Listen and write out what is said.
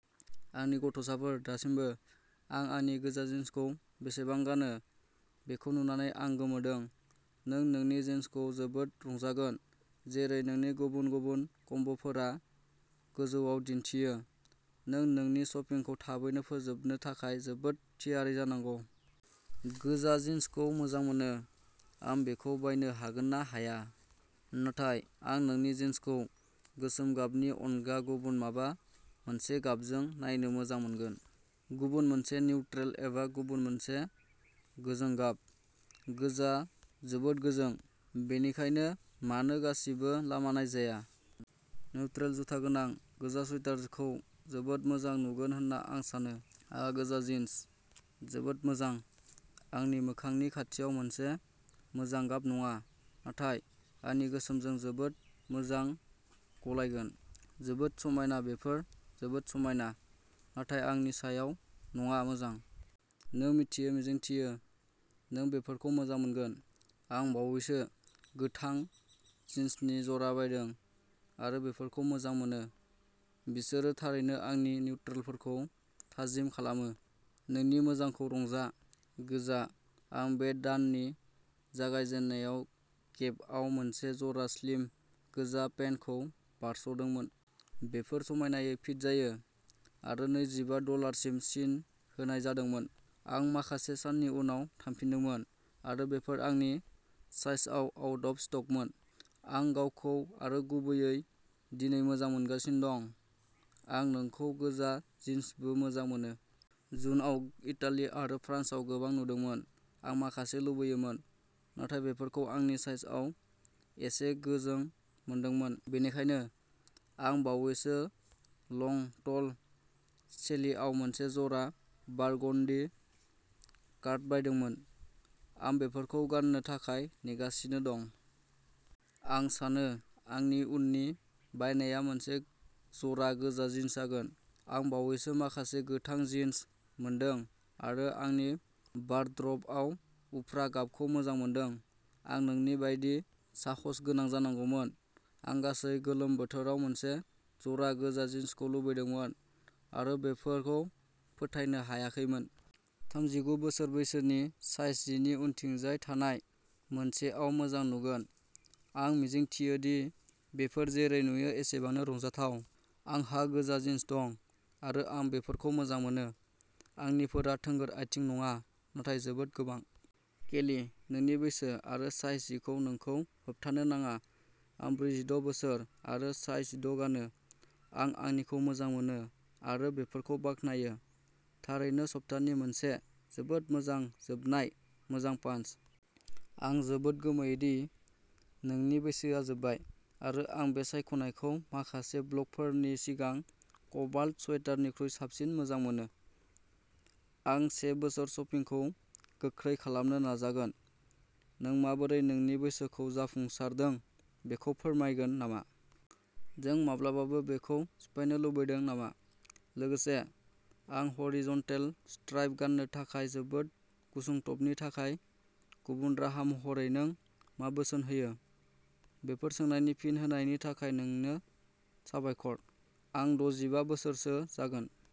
आंनि गथ'साफोर दासिमबो। आं आंनि गोजा जिनसखौ बेसेबां गानो बेखौ नुनानै आं गोमोदों। नों नोंनि जिनसखौ जोबोद रंजागोन। जेरै नोंनि गुबुन गुबुन कम्ब’फोरा गोजौआव दिनथियो। नों नोंनि शपिंखौ थाबैनो फोजोबनो थाखाय जोबोद थियारि जानांगौ। गोजा जिनसखौ मोजां मोनो। आं बेफोरखौ बायनो हागोन ना हाया? नाथाय आं नोंनि जिनसखौ गोसोम गाबनि अनगा गुबुन माबा मोनसेजों नायनो मोजां मोनगोन। गुबुन मोनसे निउट्रेल एबा गुबुन मोनसे गोजों गाब। गोजा जोबोद गोजों, बेनिखायनो मानो गासिबो लामा नायजाया। निउट्रेल जुथा गोनां गोजा स्वेटार खौ जोबोद मोजां नुगोन होनना आं सानो। आह गोजा जिन्स। जोबोद मोजां। आंनि मोखांनि खाथियाव मोनसे मोजां गाब नङा, नाथाय आंनि गोसोमजों जोबोद मोजां गलायगोन, जोबोद समायना बेफोर जोबोद समायना, नाथाय आंनि सायाव नङा मोजां। नों मिथियो मिजिंथियो नों बेफोरखौ मोजां मोनगोन। आं बावैसो गोथां जिनसनि जरा बायदों आरो बेफोरखौ मोजां मोनो। बिसोरो थारैनो आंनि निउट्रेलफोरखौ थाजिम खालामो। नोंनि मोजांखौ रंजा। गोजा आं बे दाननि जागायजेननायाव गेपआव मोनसे जरा स्लिम गोजा पेन्टखौ बारस'दोंमोन। बेफोर समायनायै फिट जायो आरो नैजिबा डलारसिम सिन होनाय जादोंमोन। आं माखासे साननि उनाव थांफिनदोंमोन आरो बेफोर आंनि साइजआव आउट अफ स्टकमोन। आं गावखौ आरो गुबैयै दिनै मोजां मोनगासिनो दं। आं नोंखौ गोजा जिन्सबो मोजां मोनो। जुनआव इटाली आरो फ्रान्सआव गोबां नुदोंमोन। आं माखासे लुगैयोमोन। नाथाय बेफोरखौ आंनि साइजआव एसे गोजों मोनदोंमोन। बेनिखायनो आं बावैसो लं टल सेलिआव मोनसे जरा बारगनदि कर्ड बायदोंमोन। आं बेफोरखौ गाननो थाखाय नेगासिनो दं। आं सानो आंनि उननि बायनाया मोनसे जरा गोजा जिन्स जागोन। आं बावैसो माखासे गोथां जिन्स मोनदों आरो आं आंनि वारद्रबआव उफ्रा गाबखौ मोजां मोनदों। आं नोंनि बायदि साहसगोनां जानांगौमोन। आं गासै गोलोम बोथोराव मोनसे जरा गोजा जिन्सखौ लुबैदोंमोन आरो बेफोरखौ फोथायनो हायाखैमोन। थामजिगु बोसोर बैसोनि साइज जि नि उनथिंजाय थानाय मोनसेआव मोजां नुगोन। आं मिजिंथियो दि बेफोर जेरै नुयो एसेबांनो रंजाथाव। आंहा गोजा जिन्स दं आरो आं बेफोरखौ मोजां मोनो। आंनिफोरा थोंगोर आथिं नङा नाथाय जोबोद गोबां। केली, नोंनि बैसो आरो साइज जि खौ नोंखौ होबथानो नाङा। आं ब्रैजिद’ बोसोर आरो साइज जिद’ गानो आरो आं आंनिखौ मोजां मोनो आरो बेफोरखौ बाखनायो। थारैनो सपतानि मोनसे जोबोद मोजां जोबनाय मोजां पानस। आं जोबोद गोमोयो दि नोंनि बोसोरआ जोबबाय आरो आं बे सायख'नायखौ माखासे ब्लगफोरनि सिगां क'बाल्ट स्वेटारनिख्रुइ साबसिन मोजां मोनो। आं से बोसोर शपिंखौ गोख्रै खालामनो नाजागोन। नों माबोरै नोंनि बोसोरखौ जाफुंसारदों बेखौ फोरमायगोन नामा? जों माब्लाबाबो बेखौ सिफायनो लुबैदों नामा? लोगोसे, आं ह'रिजनटेल स्ट्राइप गाननो थाखाय जोबोद गुसुं टपफोरनि थाखाय गुबुन राहा महरै नों मा बोसोन होयो? बेफोर सोंनायनि फिन होनायनि थाखाय नोंनो साबायखर। आं द’जिबा बोसोरसो जागोन।